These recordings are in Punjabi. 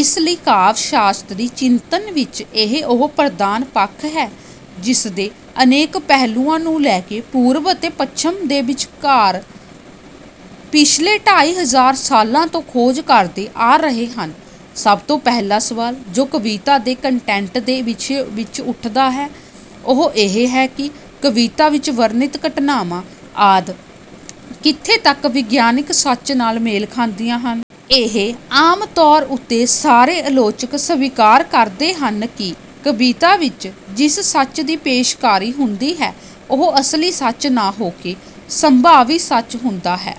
ਇਸ ਲਈ ਕਾਵਿ ਸ਼ਾਸਤਰੀ ਚਿੰਤਨ ਵਿੱਚ ਇਹ ਉਹ ਪ੍ਰਧਾਨ ਪੱਖ ਹੈ ਜਿਸਦੇ ਅਨੇਕ ਪਹਿਲੂਆਂ ਨੂੰ ਲੈ ਕੇ ਪੂਰਬ ਅਤੇ ਪੱਛਮ ਦੇ ਵਿਚਾਰਕ ਪਿਛਲੇ ਢਾਈ ਹਜ਼ਾਰ ਸਾਲਾਂ ਤੋਂ ਖੋਜ ਕਰਦੇ ਆ ਰਹੇ ਹਨ। ਸਭ ਤੋਂ ਪਹਿਲਾ ਸਵਾਲ ਜੋ ਕਵਿਤਾ ਦੇ ਕੰਟੈਂਟ ਦੇ ਵਿਸ਼ੇ ਵਿੱਚ ਉੱਠਦਾ ਹੈ, ਉਹ ਇਹ ਹੈ ਕਿ ਕਵਿਤਾ ਵਿੱਚ ਵਰਣਿਤ ਘਟਨਾਵਾਂ ਆਦਿ ਕਿੱਥੇ ਤੱਕ ਵਿਗਿਆਨਕ ਸੱਚ ਨਾਲ ਮੇਲ ਖਾਂਦੀਆਂ ਹਨ। ਇਹ ਆਮ ਤੌਰ ਉੱਤੇ ਸਾਰੇ ਆਲੋਚਕ ਸਵੀਕਾਰ ਕਰਦੇ ਹਨ ਕਿ ਕਵਿਤਾ ਵਿੱਚ ਜਿਸ ਸੱਚ ਦੀ ਪੇਸ਼ਕਾਰੀ ਹੁੰਦੀ ਹੈ, ਉਹ ਅਸਲੀ ਸੱਚ ਨਾ ਹੋ ਕੇ ਸੰਭਾਵੀ ਸੱਚ ਹੁੰਦਾ ਹੈ।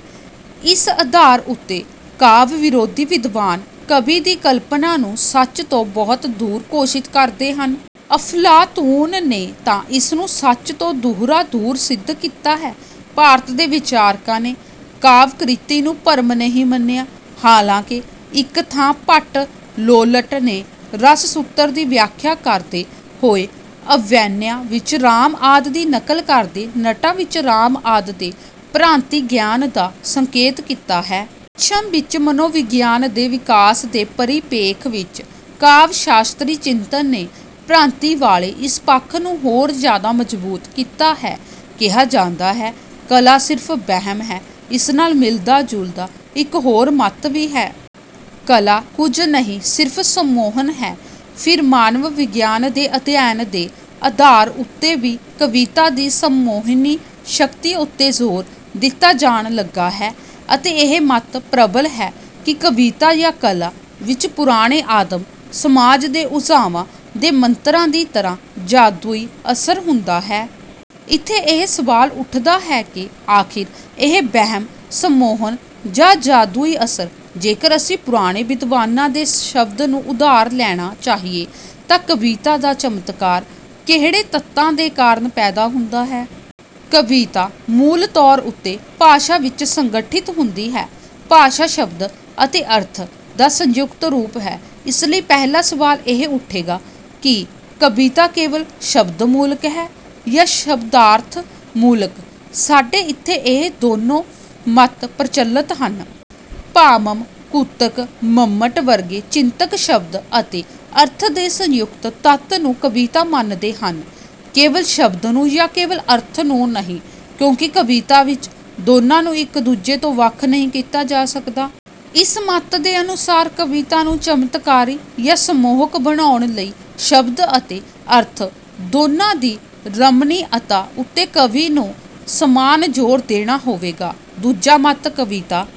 ਇਸ ਆਧਾਰ ਉੱਤੇ ਕਾਵਿ ਵਿਰੋਧੀ ਵਿਦਵਾਨ ਕਵੀ ਦੀ ਕਲਪਨਾ ਨੂੰ ਸੱਚ ਤੋਂ ਬਹੁਤ ਦੂਰ ਘੋਸ਼ਿਤ ਕਰਦੇ ਹਨ। ਅਫਲਾਤੂਨ ਨੇ ਤਾਂ ਇਸਨੂੰ ਸੱਚ ਤੋਂ ਦੂਹਰਾ ਦੂਰ ਸਿੱਧ ਕੀਤਾ ਹੈ। ਭਾਰਤ ਦੇ ਵਿਚਾਰਕਾਂ ਨੇ ਕਾਵਿ ਕ੍ਰਿਤੀ ਨੂੰ ਭਰਮ ਨਹੀਂ ਮੰਨਿਆ, ਹਾਲਾਂਕਿ ਇੱਕ ਥਾਂ ਭੱਟ ਲੋੱਲਟ ਨੇ ਰਸ ਸੂਤਰ ਦੀ ਵਿਆਖਿਆ ਕਰਦੇ ਹੋਏ ਅਭਿਨੈ ਵਿੱਚ ਰਾਮ ਆਦਿ ਦੀ ਨਕਲ ਕਰਦੇ ਨਟਾਂ ਵਿੱਚ ਰਾਮ ਆਦਿ ਦੇ ਭ੍ਰਾਂਤੀਗਿਆਨ ਦਾ ਸੰਕੇਤ ਕੀਤਾ ਹੈ। ਪੱਛਮ ਵਿੱਚ ਮਨੋਵਿਗਿਆਨ ਦੇ ਵਿਕਾਸ ਦੇ ਪਰਿਪੇਖ ਵਿੱਚ ਕਾਵਿ ਸ਼ਾਸਤਰੀ ਚਿੰਤਨ ਨੇ ਭ੍ਰਾਂਤੀਵਾਲੇ ਇਸ ਪੱਖ ਨੂੰ ਹੋਰ ਜ਼ਿਆਦਾ ਮਜ਼ਬੂਤ ਕੀਤਾ ਹੈ। ਕਿਹਾ ਜਾਂਦਾ ਹੈ, ਕਲਾ ਸਿਰਫ ਵਹਿਮ ਹੈ। ਇਸ ਨਾਲ ਮਿਲਦਾ ਜੁਲਦਾ ਇੱਕ ਹੋਰ ਮਤ ਵੀ ਹੈ। ਕਲਾ ਕੁੱਝ ਨਹੀਂ ਸਿਰਫ਼ ਸੰਮੋਹਨ ਹੈ। ਫਿਰ ਮਾਨਵ ਵਿਗਿਆਨ ਦੇ ਅਧਿਐਨ ਦੇ ਆਧਾਰ ਉੱਤੇ ਵੀ ਕਵਿਤਾ ਦੀ ਸੰਮੋਹਿਨੀ ਸ਼ਕਤੀ ਉੱਤੇ ਜ਼ੋਰ ਦਿੱਤਾ ਜਾਣ ਲੱਗਾ ਹੈ ਅਤੇ ਇਹ ਮਤ ਪ੍ਰਬਲ ਹੈ ਕਿ ਕਵਿਤਾ ਜਾਂ ਕਲਾ ਵਿੱਚ ਪੁਰਾਣੇ ਆਦਿਮ ਸਮਾਜ ਦੇ ਓਝਾਵਾਂ ਦੇ ਮੰਤਰਾਂ ਦੀ ਤਰ੍ਹਾਂ ਜਾਦੂਈ ਅਸਰ ਹੁੰਦਾ ਹੈ। ਇੱਥੇ ਇਹ ਸਵਾਲ ਉੱਠਦਾ ਹੈ ਕਿ ਆਖਿਰ ਇਹ ਵਹਿਮ, ਸੰਮੋਹਨ ਜਾਂ ਜਾਦੂਈ ਅਸਰ, ਜੇਕਰ ਅਸੀਂ ਪੁਰਾਣੇ ਵਿਦਵਾਨਾਂ ਦੇ ਸ਼ਬਦ ਨੂੰ ਉਧਾਰ ਲੈਣਾ ਚਾਹੀਏ ਤਾਂ ਕਵਿਤਾ ਦਾ ਚਮਤਕਾਰ, ਕਿਹੜੇ ਤੱਤਾਂ ਦੇ ਕਾਰਨ ਪੈਦਾ ਹੁੰਦਾ ਹੈ। ਕਵਿਤਾ ਮੂਲ ਤੌਰ ਉੱਤੇ ਭਾਸ਼ਾ ਵਿੱਚ ਸੰਗਠਿਤ ਹੁੰਦੀ ਹੈ। ਭਾਸ਼ਾ ਸ਼ਬਦ ਅਤੇ ਅਰਥ ਦਾ ਸੰਯੁਕਤ ਰੂਪ ਹੈ। ਇਸ ਲਈ ਪਹਿਲਾ ਸਵਾਲ ਇਹ ਉੱਠੇਗਾ ਕਿ ਕਵਿਤਾ ਕੇਵਲ ਸ਼ਬਦਮੂਲਕ ਹੈ ਜਾਂ ਸ਼ਬਦਾਰਥਮੂਲਕ। ਸਾਡੇ ਇੱਥੇ ਇਹ ਦੋਨਾਂ ਮਤ ਪ੍ਰਚੱਲਤ ਹਨ। ਭਾਮਹ, ਕੁੰਤਕ, ਮੰਮਟ ਵਰਗੇ ਚਿੰਤਕ ਸ਼ਬਦ ਅਤੇ ਅਰਥ ਦੇ ਸੰਯੁਕਤ ਤੱਤ ਨੂੰ ਕਵਿਤਾ ਮੰਨਦੇ ਹਨ, ਕੇਵਲ ਸ਼ਬਦ ਨੂੰ ਜਾਂ ਕੇਵਲ ਅਰਥ ਨੂੰ ਨਹੀਂ, ਕਿਉਂਕਿ ਕਵਿਤਾ ਵਿੱਚ ਦੋਨਾਂ ਨੂੰ ਇੱਕ ਦੂਜੇ ਤੋਂ ਵੱਖ ਨਹੀਂ ਕੀਤਾ ਜਾ ਸਕਦਾ। ਇਸ ਮਤ ਦੇ ਅਨੁਸਾਰ ਕਵਿਤਾ ਨੂੰ ਚਮਤਕਾਰੀ ਜਾਂ ਸੰਮੋਹਕ ਬਣਾਉਣ ਲਈ ਸ਼ਬਦ ਅਤੇ ਅਰਥ ਦੋਨਾਂ ਦੀ ਰਮਣੀਅਤਾ ਉੱਤੇ ਕਵੀ ਨੂੰ ਸਮਾਨ ਜ਼ੋਰ ਦੇਣਾ ਹੋਵੇਗਾ। ਦੂਜਾ ਮਤ ਕਵਿਤਾ